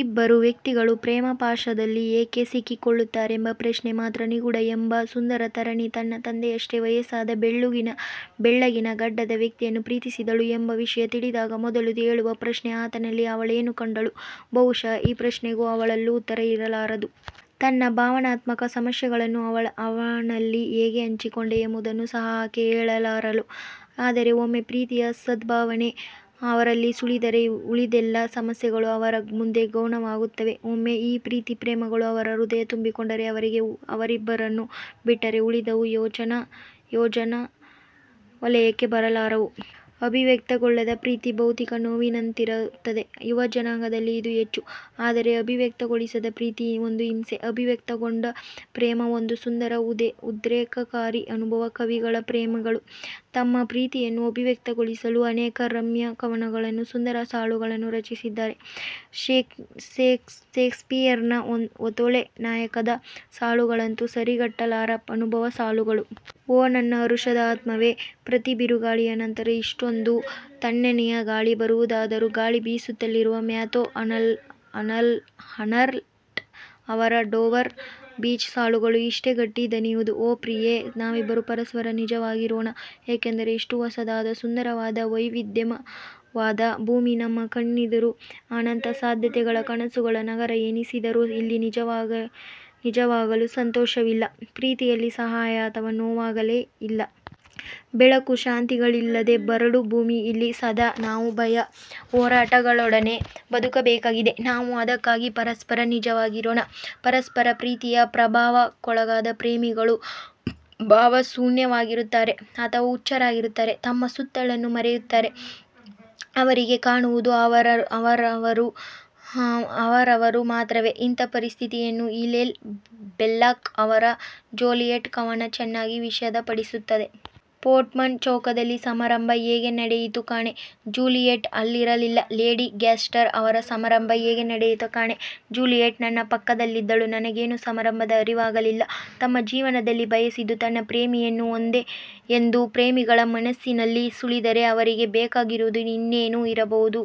ಇಬ್ಬರು ವ್ಯಕ್ತಿಗಳು ಪ್ರೇಮಪಾಶದಲ್ಲಿ ಏಕೆ ಸಿಕ್ಕಿಕೊಳ್ಳುತ್ತಾರೆಂಬ ಪ್ರಶ್ನೆ ಮಾತ್ರ ನಿಗೂಢ. ಒಬ್ಬ ಸುಂದರ ತರಣಿ ತನ್ನ ತಂದೆಯಷ್ಟೇ ವಯಸ್ಸಾದ ಬೆಳ್ಳಗಿನ ಗಡ್ಡದ ವ್ಯಕ್ತಿಯನ್ನು ಪ್ರೀತಿಸಿದಳು ಎಂಬ ವಿಷಯ ತಿಳಿದಾಗ ಮೊದಲು ಏಳುವ ಪ್ರಶ್ನೆ – ಆತನಲ್ಲಿ ಅವಳೇನು ಕಂಡಳು? ಬಹುಶಃ ಈ ಪ್ರಶ್ನೆಗೆ ಅವಳಲ್ಲೂ ಉತ್ತರ ಇರಲಾರದು. ತನ್ನ ಭಾವನಾತ್ಮಕ ಸಮಸ್ಯೆಗಳನ್ನು ಅವನಲ್ಲಿ ಹೇಗೆ ಹಂಚಿಕೊಂಡೆ ಎಂಬುದನ್ನು ಸಹ ಆಕೆ ಹೇಳಲಾರಳು. ಆದರೆ ಒಮ್ಮೆ ಪ್ರೀತಿಯ ಸದ್ಭಾವನೆ ಅವರಲ್ಲಿ ಸುಳಿದರೆ ಉಳಿದೆಲ್ಲ ಸಮಸ್ಯೆಗಳು ಅವರ ಮುಂದೆ ಗೌಣವಾಗುತ್ತವೆ. ಒಮ್ಮೆ ಈ ಪ್ರೀತಿ ಪ್ರೇಮಗಳು ಅವರ ಹೃದಯ ತುಂಬಿಕೊಂಡರೆ ಅವರಿಗೆ ಅವರಿಬ್ಬರನ್ನು ಬಿಟ್ಟರೆ ಉಳಿದವು ಯೋಚನಾ ವಲಯಕ್ಕೆ ಬರಲಾರವು. ಅಭಿವ್ಯಕ್ತಿಗೊಳ್ಳದ ಪ್ರೀತಿ ಭೌತಿಕ ನೋವಿನಂತಿರುತ್ತದೆ. ಯುವ ಜನಾಂಗದಲ್ಲೇ ಇದು ಹೆಚ್ಚು. ಆದರೆ ಅಭಿವ್ಯಕ್ತಿಗೊಳಿಸದ ಪ್ರೀತಿ ಒಂದು ಹಿಂಸೆ. ಅಭಿವ್ಯಕ್ತಿಗೊಂಡ ಪ್ರೇಮ ಒಂದು ಸುಂದರ ಉದ್ರೇಕಕಾರಿ ಅನುಭವ. ಕವಿಗಳು ಪ್ರೇಮಿಗಳು ತಮ್ಮ ಪ್ರೀತಿಯನ್ನು ಅಭಿವ್ಯಕ್ತಿಗೊಳಿಸಲು ಅನೇಕ ರಮ್ಯ ಕವನಗಳನ್ನು, ಸುಂದರ ಸಾಲುಗಳನ್ನು ರಚಿಸಿದ್ದಾರೆ. ಷೇಕ್ಸ್ಪಿಯರ್ನ ಒಥೆಲೋ ನಾಟಕದ ಸಾಲುಗಳಂತೂ ಸರಿಗಟ್ಟಲಾರದ ಅನುಭಾವ ಸಾಲುಗಳು. ಓ ನನ್ನ ಹರುಷದ ಆತ್ಮವೇ! ಪ್ರತಿ ಬಿರುಗಾಳಿಯ ನಂತರ ಇಷ್ಟೊಂದು ತಣ್ಣನೆಯ ಗಾಳಿ ಬರುವುದಾದರು, ಗಾಳಿ ಬೀಸುತ್ತಿರಲಿ. ಮ್ಯಾಥ್ಯೂ ಆರ್ನಾಲ್ಡ್ ಅವರ ಡೋವರ್ ಬೀಚ್ ಸಾಲುಗಳೂ ಇಷ್ಟೇ ಗಟ್ಟಿ ದನಿಯವು. ಓ, ಪ್ರಿಯೆ. ನಾವಿಬ್ಬರೂ ಪರಸ್ಪರ ನಿಜವಾಗಿರೋಣ. ಏಕೆಂದರೆ ಇಷ್ಟು ಹೊಸದಾದ, ಸುಂದರವಾದ ವೈವಿಧ್ಯಮವಾದ ಭೂಮಿ ನಮ್ಮ ಕಣ್ಣೆದುರು ಅನಂತ ಸಾಧ್ಯತೆಗಳ ಕನಸುಗಳ ನಗರ ಎನಿಸಿದರೂ ಇಲ್ಲಿ, ನಿಜವಾಗಲೂ ಸಂತೋಷವಿಲ್ಲ, ಪ್ರೀತಿಯಿಲ್ಲ ಸಹಾಯ ಅಥವಾ ನೋವಾಗಲೀ ಇಲ್ಲ. ಬೆಳಕು ಶಾಂತಿಗಳಿಲ್ಲದೆ ಬರಡು ಭೂಮಿ ಇಲ್ಲಿ ಸದಾ ನಾವು ಭಯ, ಹೋರಾಟಗಳೊಡನೆ ಬದುಕಬೇಕಾಗಿದೆ ನಾವು ಅದಕ್ಕಾಗಿ ಪರಸ್ಪರ ನಿಜವಾಗಿರೋಣ. ಪರಸ್ಪರ ಪ್ರೀತಿಯ ಪ್ರಭಾವಕ್ಕೊಳಗಾದ ಪ್ರೇಮಿಗಳು ಭಾವಶೂನ್ಯವಾಗಿರುತ್ತಾರೆ. ಅಥವಾ ಹುಚ್ಚರಾಗಿರುತ್ತಾರೆ. ತಮ್ಮ ಸುತ್ತಲನ್ನು ಮರೆಯುತ್ತಾರೆ. ಅವರಿಗೆ ಕಾಣುವುದು ಅವರವರು ಮಾತ್ರವೇ. ಇಂಥ ಪರಿಸ್ಥಿತಿಯನ್ನು ಹಿಲೇಲ್ ಬೆಲ್ಲಾಕ್ ಅವರ 'ಜೂಲಿಯಟ್' ಕವನ ಚೆನ್ನಾಗಿ ವಿಷದಪಡಿಸುತ್ತದೆ. ಪೊರ್ಟ್ಮನ್ ಚೌಕದಲ್ಲಿ ಸಮಾರಂಭ ಹೇಗೆ ನಡೆಯಿತೋ ಕಾಣೆ? ಜೂಲಿಯೆಟ್ ಅಲ್ಲಿರಲಿಲ್ಲ ಲೇಡಿ ಗ್ಯಾಸ್ಟರ್ ಅವರ ಸಮಾರಂಭ ಹೇಗೆ ನಡೆಯಿತೋ ಕಾಣೆ. ಜೂಲಿಯೆಟ್ ನನ್ನ ಪಕ್ಕದಲ್ಲಿದ್ದಳು ನನಗೇನು ಸಮಾರಂಭದ ಅರಿವಾಗಲಿಲ್ಲ. ತಮ್ಮ ಜೀವನದಲ್ಲಿ ಬಯಸಿದ್ದು ತನ್ನ ಪ್ರೇಮಿಯನ್ನೇ ಎಂದು ಪ್ರೇಮಿಗಳ ಮನಸ್ಸಿನಲ್ಲಿ ಸುಳಿದರೆ ಅವರಿಗೆ ಬೇಕಾಗಿರುವುದು ಇನ್ನೇನೂ ಇರಬಹುದು.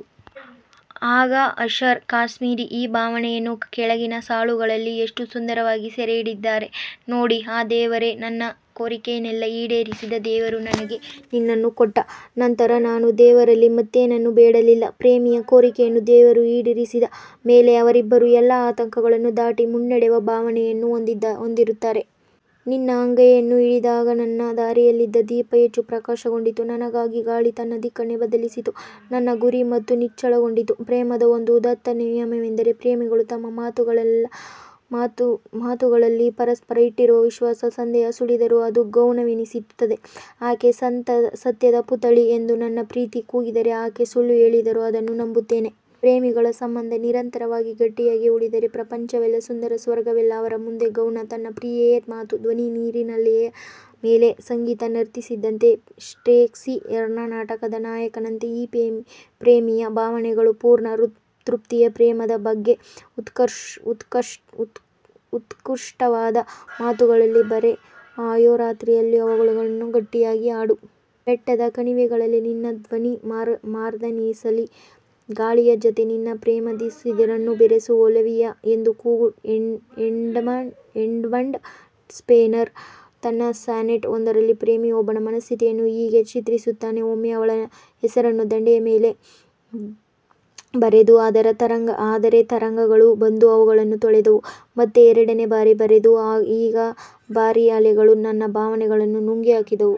ಆಘಾ ಹಷರ್ ಕಾಶ್ಮೀರಿ ಈ ಭಾವನೆಯನ್ನು ಕೆಳಗಿನ ಸಾಲುಗಳಲ್ಲಿ ಎಷ್ಟು ಸುಂದರವಾಗಿ ಸೆರೆಹಿಡಿದಿದ್ದಾರೆ ನೋಡಿ. ಆ ದೇವರೇ ನನ್ನ ಕೋರಿಕೆಯನ್ನೆಲ್ಲಾ ಈಡೇರಿಸಿದ. ದೇವರು ನನಗೆ ನಿನ್ನನ್ನು ಕೊಟ್ಟ ನಂತರ ನಾನು ದೇವರಲ್ಲಿ ಮತ್ತೇನನ್ನೂ ಬೇಡಲಿಲ್ಲ. ಪ್ರೇಮಿಯ ಕೋರಿಕೆಯನ್ನು ದೇವರು ಈಡೇರಿಸಿದ ಮೇಲೆ ಅವರಿಬ್ಬರೂ ಎಲ್ಲಾ ಆತಂಕಗಳನ್ನು ದಾಟಿ ಮುನ್ನಡೆವ ಭಾವನೆಯನ್ನು ಹೊಂದಿರುತ್ತಾರೆ. ನಿನ್ನ ಅಂಗೈಯನ್ನು ಹಿಡಿದಾಗನನ್ನ ದಾರಿಯಲ್ಲಿದ್ದ ದೀಪ ಹೆಚ್ಚು ಪ್ರಕಾಶಗೊಂಡಿತು. ನನಗಾಗಿ ಗಾಳಿ ತನ್ನ ದಿಕ್ಕನ್ನೇ ಬದಲಿಸಿತು. ನನ್ನ ಗುರಿ ಮತ್ತೂ ನಿಚ್ಚಳಗೊಂಡಿತು. ಪ್ರೇಮದ ಒಂದು ಉದಾತ್ತ ನಿಯಮವೆಂದರೆ ಪ್ರೇಮಿಗಳು ತಮ್ಮ ಮಾತುಗಳಲ್ಲಿ ಪರಸ್ಪರ ಇಟ್ಟಿರುವ ವಿಶ್ವಾಸ. ಸಂದೇಹ ಸುಳಿದರೂ ಅದು ಗೌಣವೆನಿಸುತ್ತದೆ. ಆಕೆ ಸತ್ಯದ ಪುತ್ಥಳಿ ಎಂದು ನನ್ನ ಪ್ರೀತಿ ಕೂಗಿದರೆ ಆಕೆ ಸುಳ್ಳು ಹೇಳಿದರೂ ಅದನ್ನು ನಂಬುತ್ತೇನೆ. ಪ್ರೇಮಿಗಳ ಸಂಬಂಧ ನಿರಂತರವಾಗಿ ಗಟ್ಟಿಯಾಗೇ ಉಳಿದರೆ ಪ್ರಪಂಚವೆಲ್ಲಾ ಸುಂದರ. ಸ್ವರ್ಗವೆಲ್ಲ ಅವರ ಮುಂದೆ ಗೌಣ. ತನ್ನ ಪ್ರಿಯೆಯ ಮಾತು, ಧ್ವನಿ ನೀರಿನಲೆಯ ಮೇಲೆ ಸಂಗೀತ ನರ್ತಿಸಿದಂತೆ ಷೇಕ್ಸ್ಪಿಯರ್ನ ನಾಟಕದ ನಾಯಕನಂತೆ ಈ ಪ್ರೇಮಿಯ ಭಾವನೆಗಳು. ಪೂರ್ಣ ತೃಪ್ತಿಯ ಪ್ರೇಮದ ಬಗ್ಗೆಉತ್ಕೃಷ್ಟವಾದ ಮಾತುಗಳಲ್ಲಿ ಬರೆ. ಆಹೋ ರಾತ್ರಿಯಲ್ಲೂ ಅವುಗಳನ್ನು ಗಟ್ಟಿಯಾಗಿ ಹಾಡು. ಬೆಟ್ಟದ ಕಣಿವೆಗಳಲ್ಲಿ ನಿನ್ನ ಧ್ವನಿಮಾರ್ದನಿಸಲಿ ಗಾಳಿಯ ಜತೆ ನಿನ್ನ ಪ್ರೇಮಿದುಸಿರನ್ನು ಬೆರಸು 'ಒಲಿವಿಯಾ' ಎಂದು ಕೂಗು ಎಡ್ಮಂಡ್ ಸ್ಪೆನ್ಸರ್ ತನ್ನ ಸಾನೆಟ್ ಒಂದರಲ್ಲಿ ಪ್ರೇಮಿಯೊಬ್ಬನ ಮನಸ್ಥಿತಿಯನ್ನು ಹೀಗೆ ಚಿತ್ರಿಸುತ್ತಾನೆ. ಒಮ್ಮೆಅವಳ ಹೆಸರನ್ನು ದಂಡೆಯ ಮೇಲೆ ಬರೆದೆ. ಆದರೆ ತರಂಗಗಳು ಬಂದು ಅವುಗಳನ್ನು ತೊಳೆದವು. ಮತ್ತೆ ಎರಡನೆಯ ಬಾರಿ ಬರೆದೆ. ಈಗ ಭಾರಿ ಅಲೆಗಳು ನನ್ನ ಭಾವನೆಗಳನ್ನು ನುಂಗಿ ಹಾಕಿದವು.